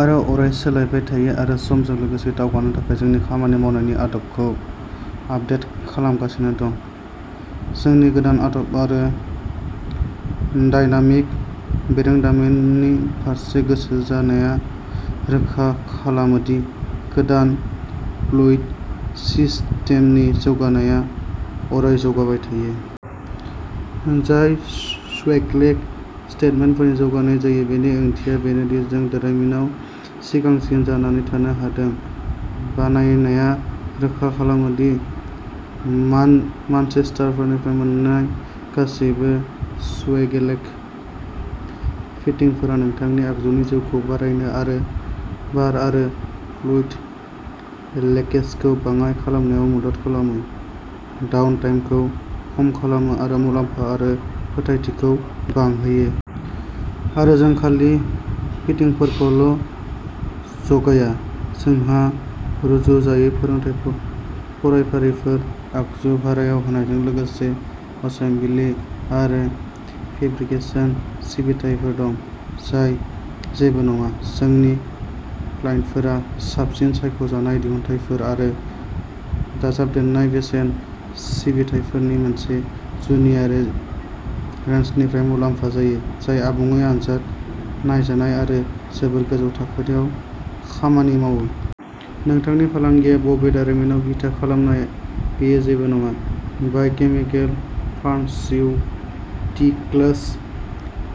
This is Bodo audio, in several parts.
आरो अराय सोलायबाय थायो आरो समजों लोगोसे दावगानो थाखाय जोंनि खामानि मावनायनि आदबखौ आपडेट खालामगासिनो दं। जोंनि गोदान आदब आरो डायनामिक बिरोंदामिननि फारसे गोसो जानाया रोखा खालामो दि गोदान फ्लुइड सिस्टेमनि जौगानायआ अराय जौगाबाय थायो। जाय स्वैगेलक सिस्टेमफोरनि जौगानाय जायो, बेनि ओंथिया बेनो दि जों दारिमिनाव सिगांसिन जानानै थानो हादों। बानायनाया रोखा खालामो दि मान मानचेस्टारनिफ्राय मोन्नाय गासैबो स्वैगेलक फिटिंगफोरा नोंथांनि आगजुनि जिउखौ बारायनो आरो बार आरो फ्लुइड लिकेजखौ बाङाइ खालामनायाव मदद खालामो, डाउन टाइमखौ खम खालामो आरो मुलाम्फा आरो फोथायथिखौ बांहोयो। आरो जों खालि फिटिंगफोरखौल' जगाया। जोंहा रुजुजायै फोरोंथाय फरायफारिफोर, आगजु भारायाव होनायजों लोगोसे असेम्बलि आरो फेब्रिकेशन सिबिथाइफोर दं जाय जेबो नङा। जोंनि क्लाइन्टफोरा साबसिन सायख' जानाय दिहुनथायफोर आरो दाजाबदेरनाय बेसेन सिबिथाइफोरनि मोनसे जुनिया रेन्जनिफ्राय मुलाम्फा जायो जाय आबुङै आनजाद नायजानाय आरो जोबोद गोजौ मानथाखोआव खामानि मावो। नोंथांनि फालांगिया बबे दारिमिनाव बिथा खालामजानाय बेयो जेबो नङा। Biochemical, pharmaceuticals,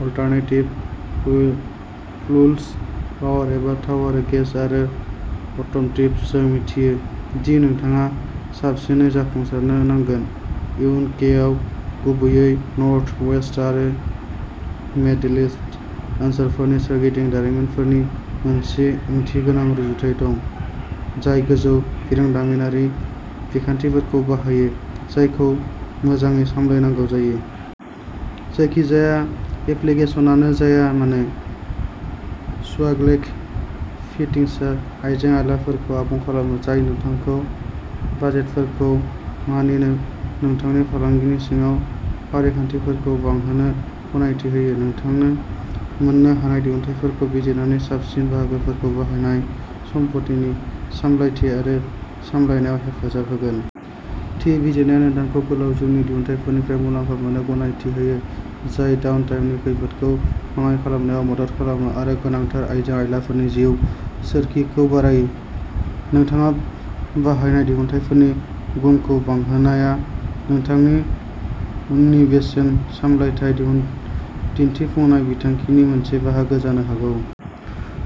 alternative fuels, power एबा थाव आरो गेस, आरो अट'म'टिभ जों मिथियो दि नोंथाङा साबसिनै जाफुंसारनो नांगोन। इउ के आव, गुबैयै नर्थ वेस्ट आरो मिडलेन्डस ओनसोलफोरनि सोरगिदिं, दारिमिनफोरनि मोनसे ओंथिगोनां रुजुथाय दं, जाय गोजौ बिरोंदामिनारि बिखान्थिफोरखौ बाहायो जायखौ मोजाङै सामलायनांगौ जायो। जायखिजाया एप्लिकेसनानो जाया मानो, स्वागेलक फिटिंसआ आइजें-आइलाफोरखौ आबुं खालामो, जाय नोंथांखौ बाजेटफोरखौ मानिनो, नोंथांनि फालांगिनि सिङाव फारिखान्थिफोरखौ बांहोनो गनायथि होयो। नोंथांनो मोन्नो हानाय दिहुनथायफोरखौ बिजिरनानै, साबसिन बाहागोफोरखौ बाहायनाया सम्पथिनि सामलायथि आरो सामलायनायाव हेफाजाब होगोन। थि बिजिरनाया नोंथांखौ गोलाव जिउनि दिहुनथायफोरनिफ्राय मुलाम्फा मोननो गनायथि होयो जाय डाउन टाइमनि खैफोदखौ बाङाय खालामनायाव मदद खालामो, आरो गोनांथार आइजें-आइलाफोरनि जिउ सोरखिखौ बारायो। नोंथाङा बाहायनाय दिहुनथायफोरनि गुनखौ बांहोनायआ नोंथांनि उननि बेसेन सामलायथाय दिन्थिफुंनाय बिथांखिनि मोनसे बाहागो जानो हागौ।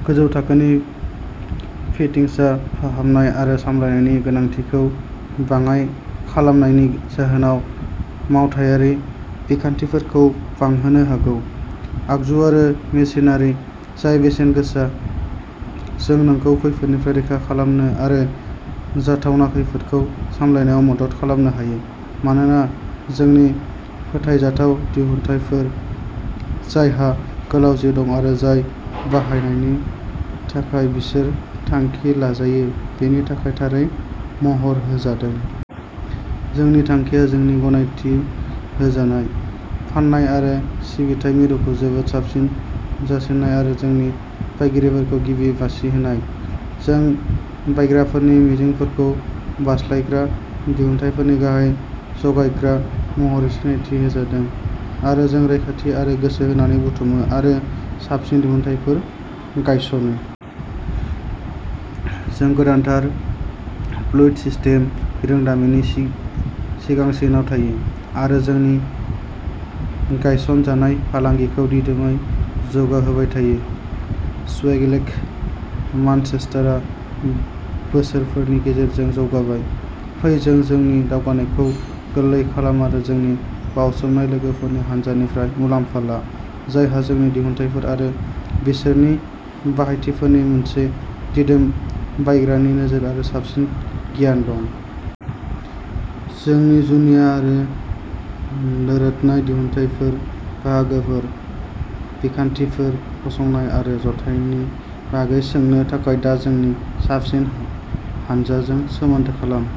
गोजौ थाखोनि फिटिंसआ फाहामनाय आरो सामलायनायनि गोनांथिखौ बाङाइ खालामनायनि जाहोनाव मावथायारि बिखान्थिफोरखौ बांहोनो हागौ। आगजु आरो मेसिनारि, जाय बेसेन गोसा। जों नोंखौ खैफोदनिफ्राय रैखा खालामनो आरो जाथावना खैफोदखौ सामलायनायाव मदद खालामनो हायो, मानोना जोंनि फोथायजाथाव दिहुनथायफोर, जायहा गोलाव जिउ दं आरो जाय बाहायनायनि थाखाय बिसोर थांखि लाजायो बेनि थाखाय थारै महर होजादों। जोंनि थांखिया जोंनि गनायथि होजानाय फान्नाय आरो सिबिथाइ मिरुखौ जोबोद साबसिन जासिनाय आरो जोंनि बायगिरिफोरखौ गिबि मासि होनाय। जों बायग्राफोरनि मिजिंफोरखौ बारस्लायग्रा दिहुनथायफोरनि गाहाय जगायग्रा महरै सिनायथि होजादों, आरो जों रैखाथि आरो गोसो होनानै बुथुमो आरो साबसिन दिहुनथायफोर गायसनो। जों गोदानथार फ्लुइड सिस्टेम बिरोंदामिननि सिगांसिनाव थायो, आरो जोंनि गायसनजानाय फालांगिखौ दिदोमै जौगाहोबाय थायो। स्वगेलक मानचेस्टारआ बोसोरफोरनि गेजेरजों जौगाबाय। फै जों नोंनि दावगानायखौ गोरलै खालाम आरो जोंनि बावसोमनाय लोगोफोरनि हानजानिफ्राय मुलाम्फा ला जायहा जोंनि दिहुनथायफोर आरो बिसोरनि बाहायथिफोरनि मोनसे दिदोम बायग्रानि नोजोर आरो साबसिन गियान दं। जोंनि जुनिया आरो दोरोदनाय दिहुनथायफोर, बाहागोफोर, बिखान्थिफोर, फसंनाय आरो जथायनायनि बागै सोंनो थाखाय दा जोंनि साबसिन हानजाजों सोमोन्दो खालाम।